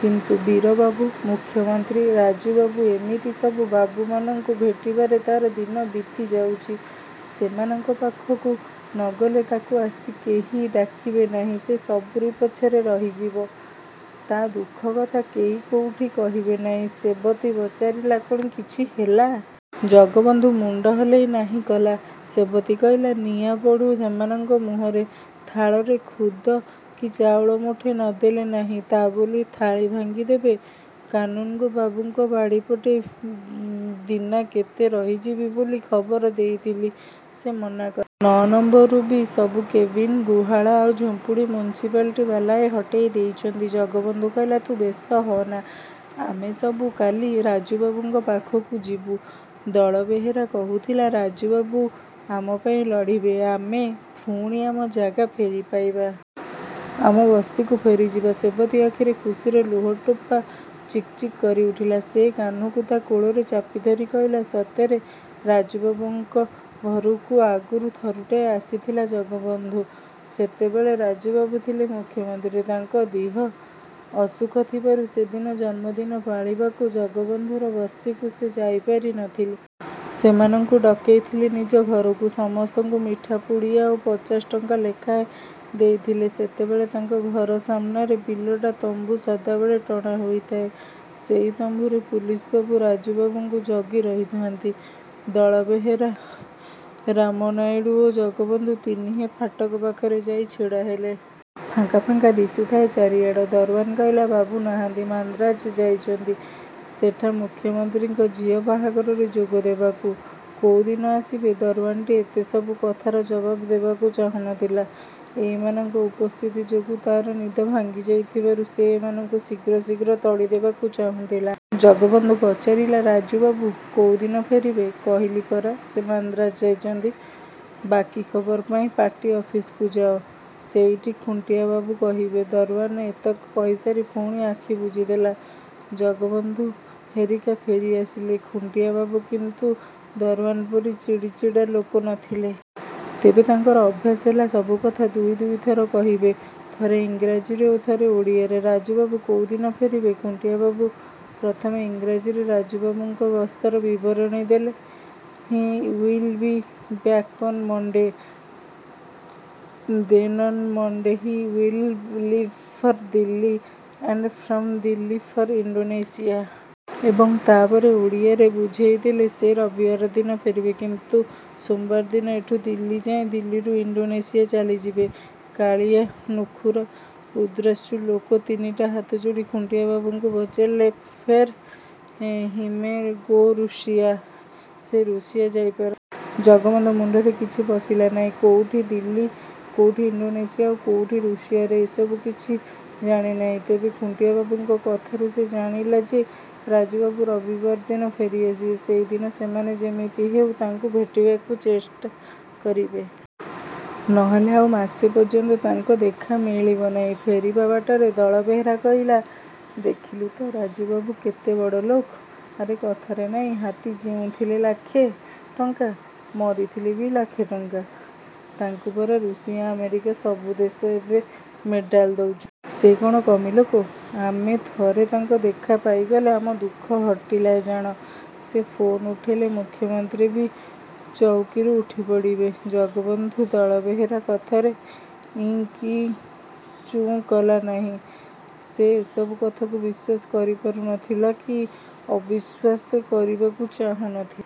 କିନ୍ତୁ ବୀରବାବୁ, ମୁଖ୍ୟମନ୍ତ୍ରୀ, ରାଜୁବାବୁ ଏମିତି ସବୁ ବାବୁମାନଙ୍କୁ ଭେଟିବାରେ ତାର ଦିନ ବିତିଯାଉଛି। ସେମାନଙ୍କ ପାଖକୁ ନଗଲେ ତାକୁ ଆସି କେହି ଡାକିବେ ନାହିଁ। ସେ ସବୁରି ପଛରେ ରହିଯିବ। ତା ଦୁଃଖକଥା କେହି କୋଉଠି କହିବେ ନାହିଁ। ସେବତୀ ପଚାରିଲା, "କଣ କିଛି ହେଲା?" ଜଗବନ୍ଧୁ ମୁଣ୍ଡ ହଲେଇ ନାହିଁ କଲା। ସେବତୀ କହିଲା, "ନିଆଁ ପଡୁ ସେମାନଙ୍କ ମୁହଁରେ। ଥାଳରେ ଖୁଦ କି ଚାଉଳ ମୁଠେ ନଦେଲେ ନାହିଁ, ତା ବୋଲି ଥାଳ ଭାଙ୍ଗିଦେବେ? କାନୁନ୍‌ଗୋ ବାବୁଙ୍କ ବାଡ଼ିପଟେ ଦିନାକେତେ ରହିଯିବି ବୋଲି ଖବର ଦେଇଥିଲି। ସେ ମନା କ ନଅ ନମ୍ବରରୁ ବି ସବୁ କେବିନ୍, ଗୁହାଳ ଆଉ ଝୁମ୍ପୁଡ଼ି ମ୍ୟୁନିସିପାଲିଟି ବାଲାଏ ହଟେଇ ଦେଇଛନ୍ତି।" ଜଗବନ୍ଧୁ କହିଲା, "ତୁ ବ୍ୟସ୍ତ ହଅନା। ଆମେ ସବୁ କାଲି ରାଜୁବାବୁଙ୍କ ପାଖକୁ ଯିବୁ। ଦଳବେହେରା କହୁଥିଲା ରାଜୁବାବୁ ଆମ ପାଇଁ ଲଢ଼ିବେ। ଆମେ ପୁଣି ଆମ ଜାଗା ଫେରି ପାଇବା। ଆମ ବସ୍ତିକୁ ଫେରିଯିବା।" ସେବତୀ ଆଖିରେ ଖୁସିର ଲୁହଟୋପା ଚିକ୍ ଚିକ୍ କରିଉଠିଲା। ସେ କାହ୍ନୁକୁ ତା କୋଳରେ ଚାପିଧରି କହିଲା, "ସତରେ!" ରାଜୁବାବୁଙ୍କ ଘରକୁ ଆଗରୁ ଥରୁଟାଏ ଆସିଥିଲା ଜଗବନ୍ଧୁ। ସେତେବେଳେ ରାଜୁବାବୁ ଥିଲେ ମୁଖ୍ୟମନ୍ତ୍ରୀ। ତାଙ୍କ ଦିହ ଅସୁଖ ଥିବାରୁ ସେଦିନ ଜନ୍ମଦିନ ପାଳିବାକୁ ଜଗବନ୍ଧୁର ବସ୍ତିକୁ ସେ ଯାଇପାରି ନଥିଲେ। ସେମାନଙ୍କୁ ଡକେଇଥିଲେ ନିଜ ଘରକୁ। ସମସ୍ତଙ୍କୁ ମିଠା ପୁଡ଼ିଆ ଓ ପଚାଶ ଟଙ୍କା ଲେଖାଏଁ ଦେଇଥିଲେ। ସେତେବେଳେ ତାଙ୍କ ଘର ସାମ୍ନାରେ ଦିଇଟା ତମ୍ବୁ ସଦାବେଳେ ଟଣା ହୋଇଥାଏ। ସେଇ ତମ୍ବୁରେ ପୁଲିସବାବୁ ରାଜୁବାବୁଙ୍କୁ ଜଗିରହିଥାନ୍ତି। ଦଳବେହେରା, ରାମନାଇଡୁ ଓ ଜଗବନ୍ଧୁ ତିନିହେଁ ଫାଟକ ପାଖରେ ଯାଇ ଛିଡ଼ାହେଲେ। ଫାଙ୍କା ଫାଙ୍କା ଦିଶୁଥାଏ ଚାରିଆଡ଼। ଦରୱାନ କହିଲା, "ବାବୁ ନାହାନ୍ତି। ମାନ୍ଦ୍ରାଜ ଯାଇଛନ୍ତି, ସେଠା ମୁଖ୍ୟମନ୍ତ୍ରୀଙ୍କ ଝିଅ ବାହାଘରରେ ଯୋଗ ଦେବାକୁ।" "କୋଉଦିନ ଆସିବେ?" ଦରୱାନଟି ଏତେ ସବୁ କଥାର ଜବାବ ଦେବାକୁ ଚାହୁଁ ନଥିଲା। ଏଇମାନଙ୍କ ଉପସ୍ଥିତି ଯୋଗୁ ତାର ନିଦ ଭାଙ୍ଗିଯାଇଥିବାରୁ ସେ ଏମାନଙ୍କୁ ଶୀଘ୍ର ଶୀଘ୍ର ତଡ଼ିଦେବାକୁ ଚାହୁଁଥିଲା। ଜଗବନ୍ଧୁ ପଚାରିଲା, "ରାଜୁବାବୁ କୋଉଦିନ ଫେରିବେ?" "କହିଲି ପରା ସେ ମାନ୍ଦ୍ରାଜ ଯାଇଛନ୍ତି। ବାକି ଖବର ପାଇଁ ପାର୍ଟି ଅଫିସ୍‌କୁ ଯାଅ। ସେଇଠି ଖୁଣ୍ଟିଆବାବୁ କହିବେ।" ଦରୱାନ ଏତକ କହିସାରି ପୁଣି ଆଖି ବୁଜିଦେଲା। ଜଗବନ୍ଧୁହେରିକା ଫେରିଆସିଲେ। ଖୁଣ୍ଟିଆବାବୁ କିନ୍ତୁ ଦରୱାନ ପରି ଚିଡ଼ିଚିଡ଼ା ଲୋକ ନଥିଲେ। ତେବେ ତାଙ୍କର ଅଭ୍ୟାସ ହେଲା ସବୁକଥା ଦୁଇ ଦୁଇଥର କହିବେ। ଥରେ ଇଂରାଜୀରେ ଓ ଥରେ ଓଡ଼ିଆରେ। "ରାଜୁବାବୁ କୋଉଦିନ ଫେରିବେ?" ଖୁଣ୍ଟିଆବାବୁ ପ୍ରଥମେ ଇଂରାଜୀରେ ରାଜୁବାବୁଙ୍କ ଗସ୍ତର ବିବରଣୀ ଦେଲେ, "he will be back on Monday. Then on Monday he will leave for Delhi and from Delhi for Indonesia." ଏବଂ ତାପରେ ଓଡ଼ିଆରେ ବୁଝେଇଦେଲେ 'ସେ ରବିବାର ଦିନ ଫେରିବେ। କିନ୍ତୁ ସୋମବାର ଦିନ ଏଠୁ ଦିଲ୍ଲୀ ଯାଇ ଦିଲ୍ଲୀରୁ ଇଣ୍ଡୋନେସିଆ ଚାଲିଯିବେ।' କାଳିଆ, ନୁଖୁରା ଉଦ୍ରଶୁ ଲୋକ ତିନିଟି ହାତଯୋଡ଼ି ଖୁଣ୍ଟିଆବାବୁଙ୍କୁ ପଚାରିଲେ, "ଫେର୍?" "He he may go Russia. ସେ ରୁଷିଆ ଯାଇପାର।" ଜଗବନ୍ଧୁ ମୁଣ୍ଡରେ କିଛି ପଶିଲା ନାହିଁ। କୋଉଠି ଦିଲ୍ଲୀ, କୋଉଠି ଇଣ୍ଡୋନେସିଆ, ଆଉ କୋଉଠି ରୁଷିଆରେ ଏ ସବୁ କିଛି ଜାଣେ ନାହିଁ। ତେବେ ଖୁଣ୍ଟିଆବାବୁଙ୍କ କଥାରୁ ସେ ଜାଣିଲା ଯେ ରାଜୁବାବୁ ରବିବାର ଦିନ ଫେରି ଆସିବେ। ସେହିଦିନ ସେମାନେ ଯେମିତି ହେଉ ତାଙ୍କୁ ଭେଟିବାକୁ ଚେଷ୍ଟା କରିବେ। ନ ହେଲେ ଆଉ ମାସେ ପର୍ଯ୍ୟନ୍ତ ତାଙ୍କ ଦେଖା ମିଳିବ ନାହିଁ। ଫେରିବା ବାଟରେ ଦଳବେହେରା କହିଲା, "ଦେଖିଲୁ ତ, ରାଜୁବାବୁ କେତେ ବଡ଼ ଲୋକ। ଆରେ କଥାରେ ନାହିଁ, ହାତୀ ଜିଇଁଥିଲେ ଲାଖେ ଟଙ୍କା, ମରିଥିଲେ ବି ଲାଖେ ଟଙ୍କା। ତାଙ୍କୁ ପରା ରୁଷିଆ, ଆମେରିକା ସବୁ ଦେଶ ଏବେ ମେଡାଲ ଦଉଛ ସେ କଣ କମି ଲୋକ? ଆମେ ଥରେ ତାଙ୍କ ଦେଖା ପାଇଗଲେ ଆମ ଦୁଃଖ ହଟିଲା ଜାଣ। ସେ ଫୋନ୍ ଉଠେଇଲେ ମୁଖ୍ୟମନ୍ତ୍ରୀ ବି ଚଉକୀରୁ ଉଠିପଡ଼ିବେ।" ଜଗବନ୍ଧୁ ଦଳବେହେରା କଥାରେ ଉଁ କି ଚୁଁ କଲା ନାହିଁ। ସେ ଏସବୁ କଥାକୁ ବିଶ୍ୱାସ କରିପାରୁ ନଥିଲା କି ଅବିଶ୍ୱାସ କରିବାକୁ ଚାହୁଁ ନ ଥି